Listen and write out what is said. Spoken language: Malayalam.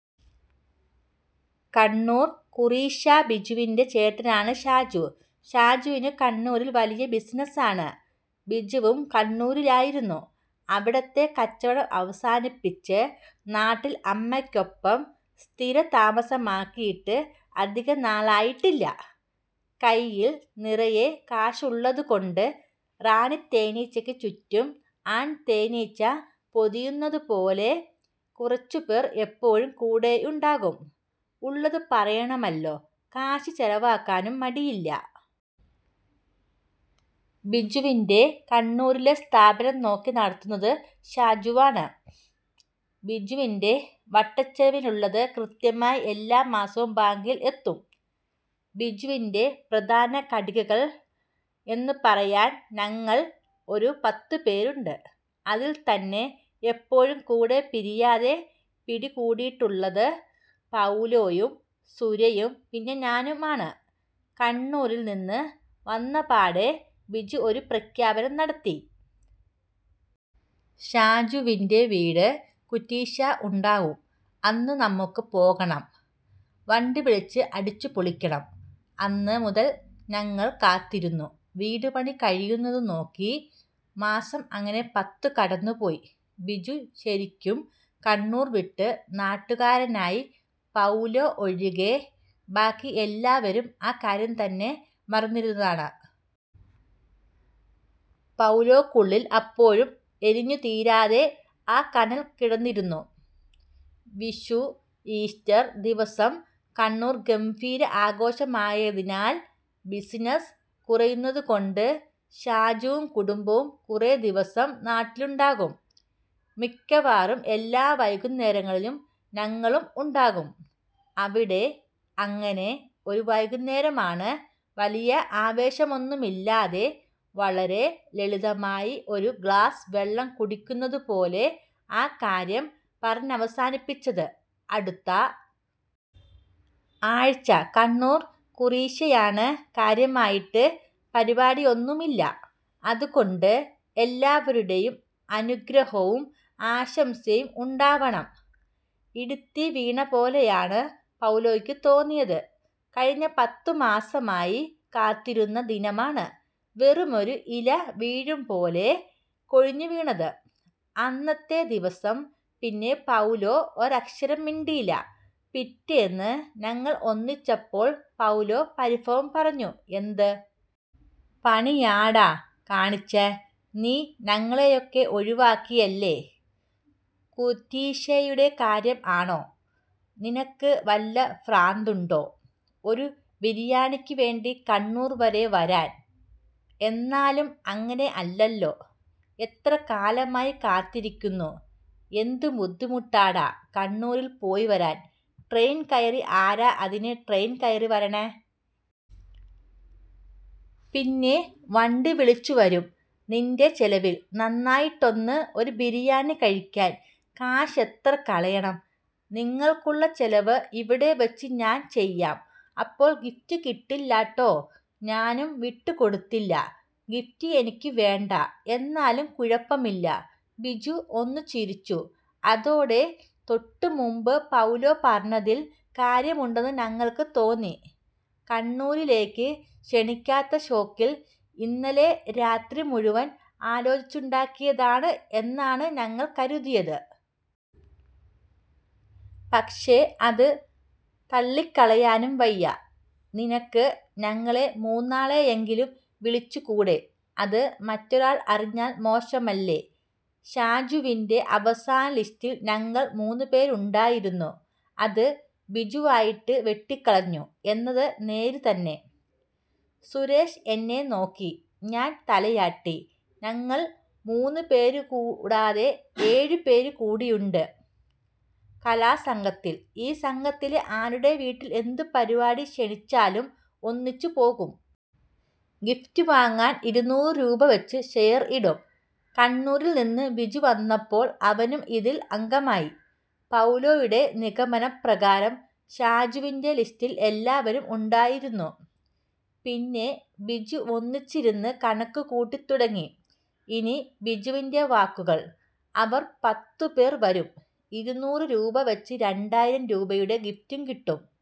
കണ്ണൂർ കുറ്റീശ്ശ ബിജുവിൻ്റെ ചേട്ടനാണ് ഷാജു. ഷാജുവിന് കണ്ണൂരിൽ വലിയ ബിസിനസാണ്. ബിജുവും കണ്ണൂരിലായിരുന്നു. അവിടത്തെ കച്ചവടം അവസാനിപ്പിച്ച് നാട്ടിൽ അമ്മയ്ക്കൊപ്പം സ്ഥിരതാമസമാക്കിയിട്ട് അധികനാളായിട്ടില്ല. കയ്യിൽ നിറയെ കാശുള്ളതുകൊണ്ട് റാണി തേനീച്ചയ്ക്ക് ചുറ്റും ആൺതേനീച്ച പൊതിയുന്നതുപോലെ കുറച്ചുപേർ എപ്പോഴും കൂടെയുണ്ടാകും. ഉള്ളത് പറയണമല്ലോ, കാശ് ചെലവാക്കാനും മടിയില്ല. ബിജുവിൻ്റെ കണ്ണൂരിലെ സ്ഥാപനം നോക്കി നടത്തുന്നത് ഷാജുവാണ്. ബിജുവിൻ്റെ വട്ടച്ചെലവിനുള്ളത് കൃത്യമായി എല്ലാ മാസവും ബാങ്കിൽ എത്തും. ബിജുവിൻ്റെ പ്രധാന ഘടികൾ എന്ന് പറയാൻ ഞങ്ങൾ ഒരു പത്തുപേരുണ്ട്. അതിൽ തന്നെ എപ്പോഴും കൂടെ പിരിയാതെ പിടികൂടിയിട്ടുള്ളത് പൗലോയും സുരയും പിന്നെ ഞാനുമാണ്. കണ്ണൂരിൽ നിന്ന് വന്നപാടെ ബിജു ഒരു പ്രഖ്യാപനം നടത്തി. ഷാജൂവിൻ്റെ വീട് കുറ്റീശ്ശ ഉണ്ടാവും. അന്ന് നമുക്ക് പോകണം. വണ്ടി വിളിച്ച് അടിച്ചുപൊളിക്കണം. അന്ന് മുതൽ ഞങ്ങൾ കാത്തിരുന്നു, വീട് പണി കഴിയുന്നതും നോക്കി. മാസം അങ്ങനെ പത്തു കടന്നുപോയി. ബിജു ശരിക്കും കണ്ണൂർ വിട്ട് നാട്ടുകാരനായി. പൗലോ ഒഴികെ ബാക്കി എല്ലാവരും ആ കാര്യം തന്നെ മറന്നിരുന്നതാണ്. പൗലോക്കുള്ളിൽ അപ്പോഴും എരിഞ്ഞുതീരാതെ ആ കനൽ കിടന്നിരുന്നു. വിഷു, ഈസ്റ്റർ ദിവസം കണ്ണൂർ ഗംഭീര ആഘോഷമായതിനാൽ ബിസിനസ് കുറയുന്നതുകൊണ്ട് ഷാജുവും കുടുംബവും കുറേദിവസം നാട്ടിലുണ്ടാകും. മിക്കവാറും എല്ലാ വൈകുന്നേരങ്ങളിലും ഞങ്ങളും ഉണ്ടാകും അവിടെ. അങ്ങനെ ഒരു വൈകുന്നേരമാണ് വലിയ ആവേശമൊന്നുമില്ലാതെ, വളരെ ലളിതമായി ഒരു ഗ്ലാസ് വെള്ളം കുടിക്കുന്നതുപോലെ ആ കാര്യം പറഞ്ഞവസാനിപ്പിച്ചത്. അടുത്ത ആഴ്ച കണ്ണൂർ കുറീശ്ശയാണ്. കാര്യമായിട്ട് പരിപാടിയൊന്നുമില്ല. അതുകൊണ്ട് എല്ലാവരുടെയും അനുഗ്രഹവും ആശംസയും ഉണ്ടാവണം. ഇടിത്തീ വീണ പോലെയാണ് പൗലോയ്ക്ക് തോന്നിയത്. കഴിഞ്ഞ പത്തു മാസമായി കാത്തിരിക്കുന്ന ദിനമാണ് വെറുമൊരു ഇല വീഴുംപോലെ കൊഴിഞ്ഞുവീണത്. അന്നത്തെ ദിവസം പിന്നെ പൗലോ ഒരക്ഷരം മിണ്ടിയില്ല. പിറ്റേന്ന് ഞങ്ങൾ ഒന്നിച്ചപ്പോൾ പൗലോ പരിഭവം പറഞ്ഞു. എന്ത് പണിയാടാ കാണിച്ചേ. നീ ഞങ്ങളെയൊക്കെ ഒഴിവാക്കിയല്ലേ. കുറ്റീശ്ശടെ കാര്യം ആണോ. നിനക്ക് വല്ല പ്രാന്തുണ്ടോ. ഒരു ബിരിയാണിക്ക് വേണ്ടി കണ്ണൂർ വരെ വരാൻ എന്നാലും അങ്ങനെ അല്ലല്ലോ. എത്ര കാലമായി കാത്തിരിക്കുന്നു. എന്ത് ബുദ്ധിമുട്ടാണെടാ കണ്ണൂരിൽ പോയിവരാൻ. ട്രെയിൻ കയറി ആരാ അതിന് ട്രെയിൻ കയറി വരണേ. പിന്നെ വണ്ടി വിളിച്ചുവരും. നിൻ്റെ ചെലവിൽ നന്നായിട്ടൊന്ന് ഒരു ബിരിയാണി കഴിക്കാൻ കാശ് എത്ര കളയണം. നിങ്ങൾക്കുള്ള ചെലവ് ഇവിടെവെച്ച് ഞാൻ ചെയ്യാം. അപ്പോൾ ഗിഫ്റ്റ് കിട്ടില്ലാട്ടോ. ഞാനും വിട്ടുകൊടുത്തില്ല. ഗിഫ്റ്റ് എനിക്ക് വേണ്ട. എന്നാലും കുഴപ്പമില്ല. ബിജു ഒന്ന് ചിരിച്ചു. അതോടെ തൊട്ടുമുൻപ് പൗലോ പറഞ്ഞതിൽ കാര്യമുണ്ടെന്ന് ഞങ്ങൾക്ക് തോന്നി. കണ്ണൂരിലേക്ക് ക്ഷണിക്കാത്ത ഷോക്കിൽ ഇന്നലെ രാത്രി മുഴുവൻ ആലോചിച്ചുണ്ടാക്കിയതാണ് എന്നാണ് ഞങ്ങൾ കരുതിയത്. പക്ഷേ അത് തള്ളിക്കളയാനും വയ്യ. നിനക്ക് ഞങ്ങളെ മൂന്നാളെയെങ്കിലും വിളിച്ചുകൂടെ. അത് മറ്റൊരാൾ അറിഞ്ഞാൽ മോശമല്ലേ. ഷാജുവിൻ്റെ അവസാന ലിസ്റ്റിൽ ഞങ്ങൾ മൂന്നു പേരുണ്ടായിരുന്നു. അത് ബിജുവായിട്ട് വെട്ടിക്കളഞ്ഞു എന്നത് നേര് തന്നെ. സുരേഷ് എന്നെ നോക്കി. ഞാൻ തലയാട്ടി. ഞങ്ങൾ മൂന്നു പേരുകൂടാതെ ഏഴുപേർ കൂടിയുണ്ട് കലാസംഘത്തിൽ. ഈ സംഘത്തിലെ ആരുടെ വീട്ടിൽ എന്ത് പരിപാടി ക്ഷണിച്ചാലും ഒന്നിച്ചു പോകും. ഗിഫ്റ്റ് വാങ്ങാൻ ഇരുന്നൂറ് രൂപവെച്ച് ഷെയർ ഇടും. കണ്ണൂരിൽനിന്ന് ബിജു വന്നപ്പോൾ അവനും ഇതിൽ അംഗമായി. പൗലോയുടെ നിഗമനം പ്രകാരം ഷാജുവിൻ്റെ ലിസ്റ്റിൽ എല്ലാവരും ഉണ്ടായിരുന്നു. പിന്നെ ബിജുവൊന്നിച്ചിരുന്ന് കണക്കുകൂട്ടിത്തുടങ്ങി. ഇനി ബിജുവിൻ്റെ വാക്കുകൾ. അവർ പത്തുപേർ വരും. ഇരുന്നൂറ് രൂപവെച്ച് രണ്ടായിരം രൂപയുടെ ഗിഫ്റ്റ് കിട്ടും.